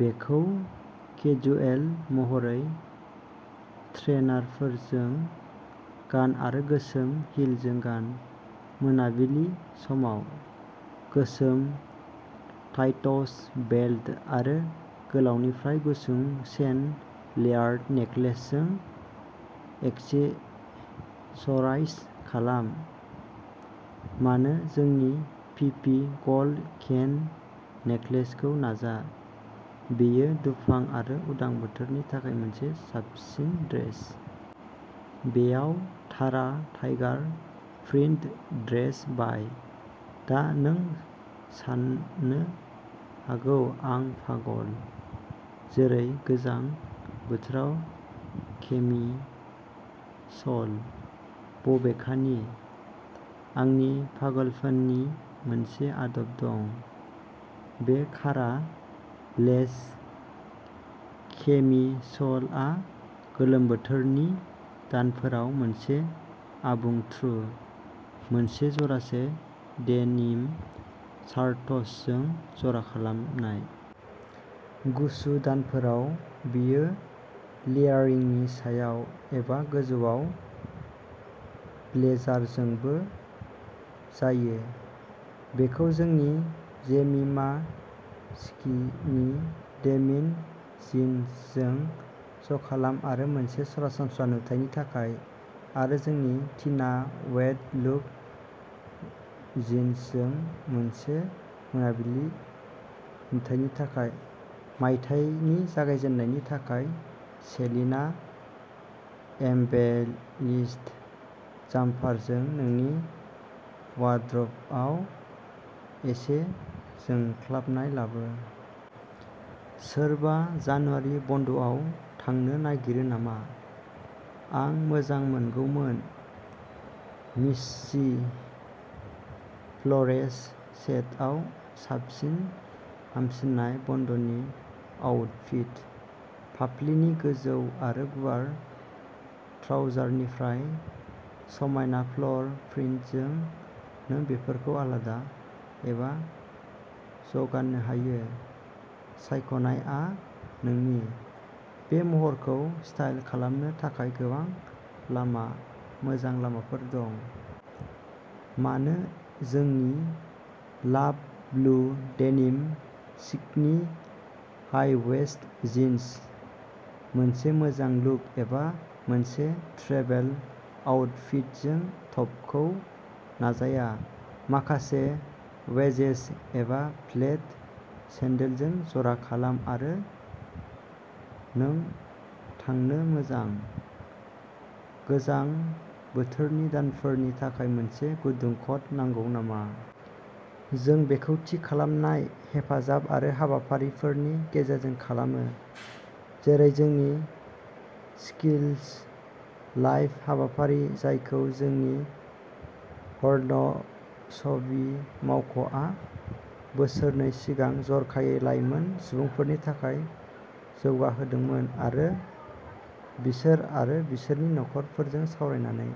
बेखौ केजुएल महरै ट्रेइनारफोरजों गान आरो गोसोम हिलजों गान। मोनाबिलि समाव। गोसोम टाइटस, बेल्ट आरो गोलावनिफ्राय गुसुं चेन लेयार्ड नेकलेसजों एक्सेसराइज खालाम-मानो जोंनि फिफि गल्ड कइन नेकलेसखौ नाजा। बेयो दुफां आरो उदां बोथोरनि थाखाय मोनसे साबसिन ड्रेस। बेयाव तारा टाइगार प्रिन्ट ड्रेस बाय। दा नों सानो हागौ आं पागल, जेरै गोजां बोथोराव केमिसोल? बबेखानि, आंनि पागलपननि मोनसे आदब दं। बे कारा लेस केमिसोलआ गोलोम बोथोरनि दानफोराव मोनसे आबुं थ्र ', मोनसे जरासे डेनिम शार्ट्सजों ज'रा खालामनाय। गुसु दानफोराव बेयो लेयारिंनि सायाव, एबा गोजौआव ब्लेजारजोंबो जायो। बेखौ जोंनि जेमिमा स्किनि डेमिन जिन्सजों ज'खालाम आरो मोनसे सरासनस्रा नुथायनि थाखाय आरो जोंनि टिना वेट लुक जिन्सजों मोनसे मोनाबिलि नुथायनि थाखाय। मायथाइनि जागायजेन्नायनि थाखाय सेलिना एम्बेलिश्ड जाम्पारजों नोंनि वार्ड्रोबआव एसे जोंख्लाबनाय लाबो। सोरबा जानुवारि बन्द'आव थांनो नागिरो नामा? आं मोजांमोनगौमोन! मिस्सि फ्लरेस सेटआ साबसिन हामसिननाय बन्द'नि आउटफिट। फाफ्लिनि गोजौ आरो गुवार ट्राउजारनिफ्राय समायना फ्लर प्रिन्टजों नों बेफोरखौ आलादा एबा ज'गाननो हायो, सायख'नायआ नोंनि, बे महरखौ स्टाइल खालामनो थाखाय गोबां लामा मोजां लामाफोर दं। मानो जोंनि love blue denim skinny high waist jeans, मोनसे मोजां लुक एबा मोनसे ट्रेभेल आउटफिटजों टपखौ नाजाया। माखासे वेजेस एबा फ्लेट सेन्डलजों जरा खालाम आरो नों थांनो मोजां। गोजां बोथोरनि दानफोरनि थाखाय मोनसे गुदुं कट नांगौ नामा? जों बेखौ थि खालामनाय हेफाजाब आरो हाबाफारिफोरनि गेजेरजों खालामो, जेरै जोंनि स्किल्स लाइफ हाबाफारि, जायखौ जोंनि हर्नस्बी मावख'आ बोसोरनै सिगां जर'खायै लाइमोन सुबुंफोरनि थाखाय जौगाहोदोंमोन, आरो बिसोर आरो बिसोरनि नखरफोरजों सावरायनानै।